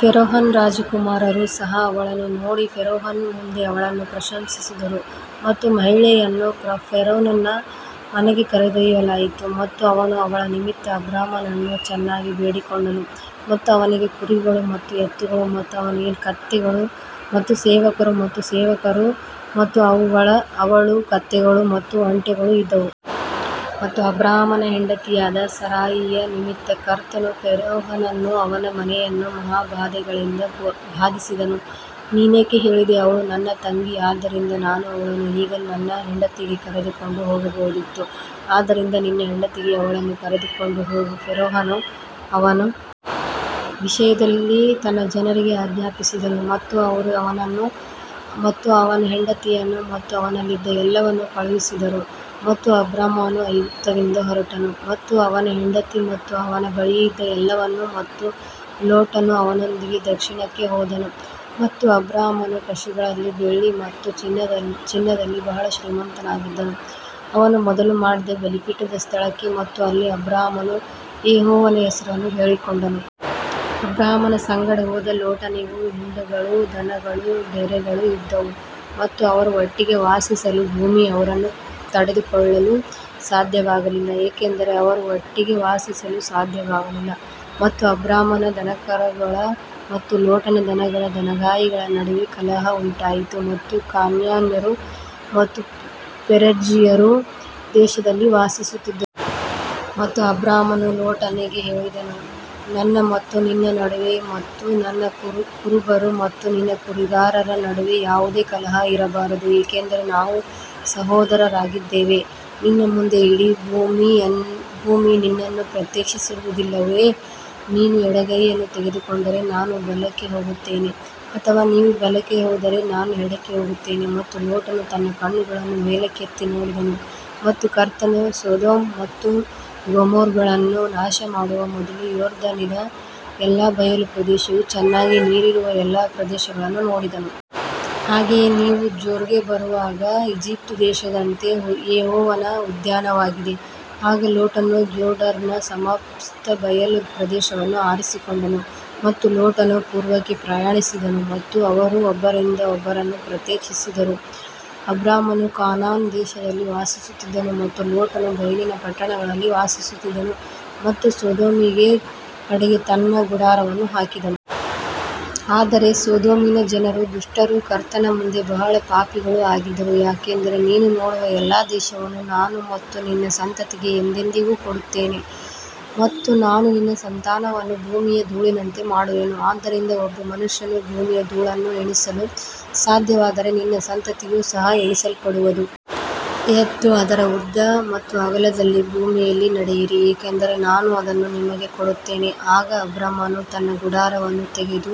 ಫರೋಹನ ರಾಜಕುಮಾರರು ಸಹ ಅವಳನ್ನು ನೋಡಿ ಫರೋಹನ ಮುಂದೆ ಅವಳನ್ನು ಪ್ರಶಂಸಿಸಿದರು ಮತ್ತು ಮಹಿಳೆಯನ್ನು ಫರೋಹನ ಮನೆಗೆ ಕರೆದೊಯ್ಯಲಾಯಿತು. ಮತ್ತು ಅವನು ಅವಳ ನಿಮಿತ್ತ ಅಬ್ರಾಮನನ್ನು ಚೆನ್ನಾಗಿ ಬೇಡಿಕೊಂಡನು ಮತ್ತು ಅವನಿಗೆ ಕುರಿಗಳು ಮತ್ತು ಎತ್ತುಗಳು ಮತ್ತು ಅವನಿಗೆ ಕತ್ತೆಗಳು ಮತ್ತು ಸೇವಕರು ಮತ್ತು ಸೇವಕರು ಮತ್ತು ಅವಳು ಕತ್ತೆಗಳು ಮತ್ತು ಒಂಟೆಗಳು ಇದ್ದವು. ಮತ್ತು ಅಬ್ರಾಮನ ಹೆಂಡತಿಯಾದ ಸಾರಾಯಿಯ ನಿಮಿತ್ತ ಕರ್ತನು ಫರೋಹನನ್ನೂ ಅವನ ಮನೆಯನ್ನೂ ಮಹಾ ಬಾಧೆಗಳಿಂದ ಬಾಧಿಸಿದನು. ನೀನೇಕೆ ಹೇಳಿದೆ ಅವಳು ನನ್ನ ತಂಗಿ ಆದ್ದರಿಂದ ನಾನು ಅವಳನ್ನು ಈಗ ನನ್ನ ಹೆಂಡತಿಗೆ ಕರೆದುಕೊಂಡು ಹೋಗಬಹುದಿತ್ತು ಆದ್ದರಿಂದ ನಿನ್ನ ಹೆಂಡತಿ ಅವಳನ್ನು ಕರೆದುಕೊಂಡು ಹೋಗು ಫರೋಹನು ಅವನ ವಿಷಯದಲ್ಲಿ ತನ್ನ ಜನರಿಗೆ ಆಜ್ಞಾಪಿಸಿದನು ಮತ್ತು ಅವರು ಅವನನ್ನು ಮತ್ತು ಅವನ ಹೆಂಡತಿಯನ್ನು ಮತ್ತು ಅವನಲ್ಲಿದ್ದ ಎಲ್ಲವನ್ನೂ ಕಳುಹಿಸಿದರು ಮತ್ತು ಅಬ್ರಾಮನು ಐಗುಪ್ತದಿಂದ ಹೊರಟನು ಮತ್ತು ಅವನ ಹೆಂಡತಿ ಮತ್ತು ಅವನ ಬಳಿಯಿದ್ದ ಎಲ್ಲವನ್ನೂ ಮತ್ತು ಲೋಟನು ಅವನೊಂದಿಗೆ ದಕ್ಷಿಣಕ್ಕೆ ಹೋದನು ಮತ್ತು ಅಬ್ರಾಮನು ಪಶುಗಳಲ್ಲಿ ಬೆಳ್ಳಿ ಮತ್ತು ಚಿನ್ನದಲ್ಲಿ ಬಹಳ ಶ್ರೀಮಂತನಾಗಿದ್ದನು ಅವನು ಮೊದಲು ಮಾಡಿದ ಬಲಿಪೀಠದ ಸ್ಥಳಕ್ಕೆ ಮತ್ತು ಅಲ್ಲಿ ಅಬ್ರಾಮನು ಯೆಹೋವನ ಹೆಸರನ್ನು ಹೇಳಿಕೊಂಡನು. ಅಬ್ರಾಮನ ಸಂಗಡ ಹೋದ ಲೋಟನಿಗೂ ಹಿಂಡುಗಳೂ ದನಗಳೂ ಡೇರೆಗಳೂ ಇದ್ದವು ಮತ್ತು ಅವರು ಒಟ್ಟಿಗೆ ವಾಸಿಸಲು ಭೂಮಿ ಅವರನ್ನು ತಡೆದುಕೊಳ್ಳಲು ಸಾಧ್ಯವಾಗಲಿಲ್ಲ, ಏಕೆಂದರೆ ಅವರು ಒಟ್ಟಿಗೆ ವಾಸಿಸಲು ಸಾಧ್ಯವಾಗಲಿಲ್ಲ. ಮತ್ತು ಅಬ್ರಾಮನ ದನಕರುಗಳ ಮತ್ತು ಲೋಟನ ದನಗಳ ದನಗಾಹಿಗಳ ನಡುವೆ ಕಲಹ ಉಂಟಾಯಿತು ಮತ್ತು ಕಾನಾನ್ಯರು ಮತ್ತು ಪೆರಿಜ್ಜೀಯರು ದೇಶದಲ್ಲಿ ವಾಸಿಸುತ್ತಿದ್ದರು. ಮತ್ತು ಅಬ್ರಾಮನು ಲೋಟನಿಗೆ ಹೇಳಿದನು, ನನ್ನ ಮತ್ತು ನಿನ್ನ ನಡುವೆ ಮತ್ತು ನನ್ನ ಕುರುಬರು ಮತ್ತು ನಿನ್ನ ಕುರಿಗಾರರ ನಡುವೆ ಯಾವುದೇ ಕಲಹ ಇರಬಾರದು ಏಕೆಂದರೆ ನಾವು ಸಹೋದರರಾಗಿದ್ದೇವೆ. ನಿನ್ನ ಮುಂದೆ ಇಡೀ ಭೂಮಿ ನಿನ್ನನ್ನು ಪ್ರತ್ಯೇಕಿಸುವುದಿಲ್ಲವೇ ನೀನು ಎಡಗೈಯನ್ನು ತೆಗೆದುಕೊಂಡರೆ ನಾನು ಬಲಕ್ಕೆ ಹೋಗುತ್ತೇನೆ ಅಥವಾ ನೀವು ಬಲಕ್ಕೆ ಹೋದರೆ ನಾನು ಎಡಕ್ಕೆ ಹೋಗುತ್ತೇನೆ ಮತ್ತು ಲೋಟನು ತನ್ನ ಕಣ್ಣುಗಳನ್ನು ಮೇಲಕ್ಕೆತ್ತಿ ನೋಡಿದನು ಮತ್ತು ಕರ್ತನು ಸೊದೋಮ್ ಮತ್ತು ಗೊಮೋರಗಳನ್ನು ನಾಶಮಾಡುವ ಮೊದಲು ಯೋರ್ದನಿನ ಎಲ್ಲಾ ಬಯಲು ಪ್ರದೇಶವು ಚೆನ್ನಾಗಿ ನೀರಿರುವ ಎಲ್ಲಾ ಪ್ರದೇಶಗಳನ್ನು ನೋಡಿದನು. ಹಾಗೆಯೇ ನೀವು ಜೋರ್ಗೆ ಬರುವಾಗ ಈಜಿಪ್ಟ್ ದೇಶದಂತೆ ಯೆಹೋವನ ಉದ್ಯಾನವಾಗಿದೆ. ಆಗ ಲೋಟನು ಜೋರ್ಡನ್ನ ಸಮಸ್ತ ಬಯಲು ಪ್ರದೇಶವನ್ನು ಆರಿಸಿಕೊಂಡನು ಮತ್ತು ಲೋಟನು ಪೂರ್ವಕ್ಕೆ ಪ್ರಯಾಣಿಸಿದನು ಮತ್ತು ಅವರು ಒಬ್ಬರಿಂದ ಒಬ್ಬರನ್ನು ಪ್ರತ್ಯೇಕಿಸಿಕೊಂಡರು. ಅಬ್ರಾಮನು ಕಾನಾನ್ ದೇಶದಲ್ಲಿ ವಾಸಿಸುತ್ತಿದ್ದನು ಮತ್ತು ಲೋಟನು ಬಯಲಿನ ಪಟ್ಟಣಗಳಲ್ಲಿ ವಾಸಿಸುತ್ತಿದ್ದನು ಮತ್ತು ಸೊದೋಮಿನ ಕಡೆಗೆ ತನ್ನ ಗುಡಾರವನ್ನು ಹಾಕಿದನು. ಆದರೆ ಸೊದೋಮಿನ ಜನರು ದುಷ್ಟರೂ ಕರ್ತನ ಮುಂದೆ ಬಹಳ ಪಾಪಿಗಳೂ ಆಗಿದ್ದರು ಯಾಕಂದರೆ ನೀನು ನೋಡುವ ಎಲ್ಲಾ ದೇಶವನ್ನು ನಾನು ಮತ್ತು ನಿನ್ನ ಸಂತತಿಗೆ ಎಂದೆಂದಿಗೂ ಕೊಡುತ್ತೇನೆ ಮತ್ತು ನಾನು ನಿನ್ನ ಸಂತಾನವನ್ನು ಭೂಮಿಯ ಧೂಳಿನಂತೆ ಮಾಡುವೆನು ಆದ್ದರಿಂದ ಒಬ್ಬ ಮನುಷ್ಯನು ಭೂಮಿಯ ಧೂಳನ್ನು ಎಣಿಸಲು ಸಾಧ್ಯವಾದರೆ ನಿನ್ನ ಸಂತತಿಯು ಸಹ ಎಣಿಸಲ್ಪಡುವದು. ಎದ್ದು ಅದರ ಉದ್ದ ಮತ್ತು ಅಗಲದಲ್ಲಿ ಭೂಮಿಯಲ್ಲಿ ನಡೆಯಿರಿ ಏಕೆಂದರೆ ನಾನು ಅದನ್ನು ನಿನಗೆ ಕೊಡುತ್ತೇನೆ ಆಗ ಅಬ್ರಾಮನು ತನ್ನ ಗುಡಾರವನ್ನು ತೆಗೆದು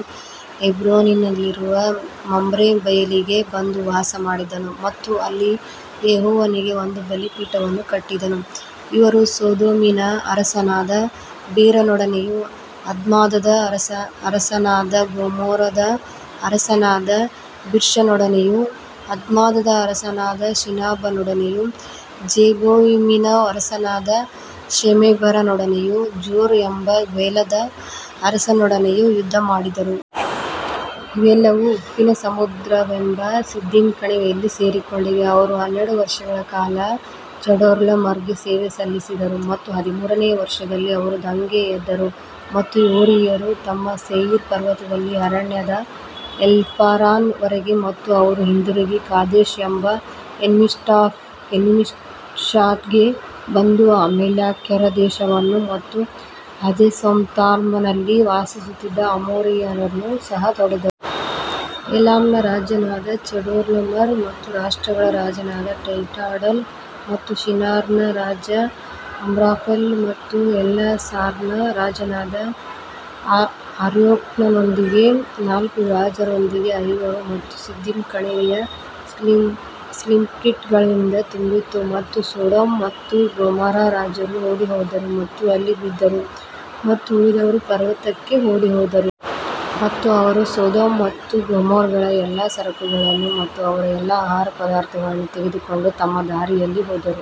ಹೆಬ್ರೋನಿನಲ್ಲಿರುವ ಮಮ್ರೆ ಬಯಲಿಗೆ ಬಂದು ವಾಸಮಾಡಿದನು ಮತ್ತು ಅಲ್ಲಿ ಯೆಹೋವನಿಗೆ ಒಂದು ಬಲಿಪೀಠವನ್ನು ಕಟ್ಟಿದನು. ಇವರು ಸೊದೋಮಿನ ಅರಸನಾದ ಬೇರನೊಡನೆಯೂ ಅದ್ಮಾದ ಅರಸನಾದ ಗೊಮೋರದ ಅರಸನಾದ ಬಿರ್ಷನೊಡನೆಯೂ ಅದ್ಮಾದ ಅರಸನಾದ ಶಿನಾಬನೊಡನೆಯೂ ಝೆಬೋಯಿಮಿನ ಅರಸನಾದ ಶೆಮೆಬೆರನೊಡನೆಯೂ ಜೋರ್ ಎಂಬ ಬೇಲದ ಅರಸನೊಡನೆಯೂ ಯುದ್ಧಮಾಡಿದರು. ಇವೆಲ್ಲವೂ ಉಪ್ಪಿನ ಸಮುದ್ರವೆಂಬ ಸಿದ್ದಿಮ್ ಕಣಿವೆಯಲ್ಲಿ ಸೇರಿಕೊಂಡಿವೆ ಅವರು ಹನ್ನೆರಡು ವರ್ಷಗಳ ಕಾಲ ಚೆಡೋರ್ಲೋಮರ್ಗೆ ಸೇವೆ ಸಲ್ಲಿಸಿದರು ಮತ್ತು ಹದಿಮೂರನೆಯ ವರ್ಷದಲ್ಲಿ ಅವರು ದಂಗೆ ಎದ್ದರು ಮತ್ತು ಹೋರಿಯರು ತಮ್ಮ ಸೇಯಿರ್ ಪರ್ವತದಲ್ಲಿ ಅರಣ್ಯದ ಎಲ್ಪಾರಾನ್ ವರೆಗೆ ಮತ್ತು ಅವರು ಹಿಂದಿರುಗಿ ಕಾದೇಶ್ ಎಂಬ ಎನ್ಮಿಷ್ಪಾಟ್ಗೆ ಬಂದು ಅಮಾಲೇಕ್ಯರ ದೇಶವನ್ನು ಮತ್ತು ಹಜೆಸೋಂತಾಮಾರ್ನಲ್ಲಿ ವಾಸಿಸುತ್ತಿದ್ದ ಅಮೋರಿಯರನ್ನು ಸಹ ಹೊಡೆದರು. ಏಲಾಮ್ನ ರಾಜನಾದ ಚೆಡೋರ್ಲೋಮರ್ ಮತ್ತು ರಾಷ್ಟ್ರಗಳ ರಾಜನಾದ ಟೈಡಾಲ್ ಮತ್ತು ಶಿನಾರ್ನ ರಾಜ ಅಮ್ರಾಫೆಲ್ ಮತ್ತು ಎಲ್ಲಸಾರ್ನ ಅರಸನಾದ ಅರ್ಯೋಕ್ನೊಂದಿಗೆ ನಾಲ್ಕು ರಾಜರೊಂದಿಗೆ ಐವರು ಮತ್ತು ಸಿದ್ದಿಮ್ ಕಣಿವೆಯು ಸ್ಲಿಮ್ಪಿಟ್ಗಳಿಂದ ತುಂಬಿತ್ತು ಮತ್ತು ಸೊಡೊಮ್ ಮತ್ತು ಗೊಮೊರಾ ರಾಜರು ಓಡಿಹೋದರು ಮತ್ತು ಅಲ್ಲಿ ಬಿದ್ದರು ಮತ್ತು ಉಳಿದವರು ಪರ್ವತಕ್ಕೆ ಓಡಿಹೋದರು. ಮತ್ತು ಅವರು ಸೊದೋಮ್ ಮತ್ತು ಗೊಮೋರಗಳ ಎಲ್ಲಾ ಸರಕುಗಳನ್ನು ಮತ್ತು ಅವರ ಎಲ್ಲಾ ಆಹಾರ ಪದಾರ್ಥಗಳನ್ನು ತೆಗೆದುಕೊಂಡು ತಮ್ಮ ದಾರಿಯಲ್ಲಿ ಹೋದರು.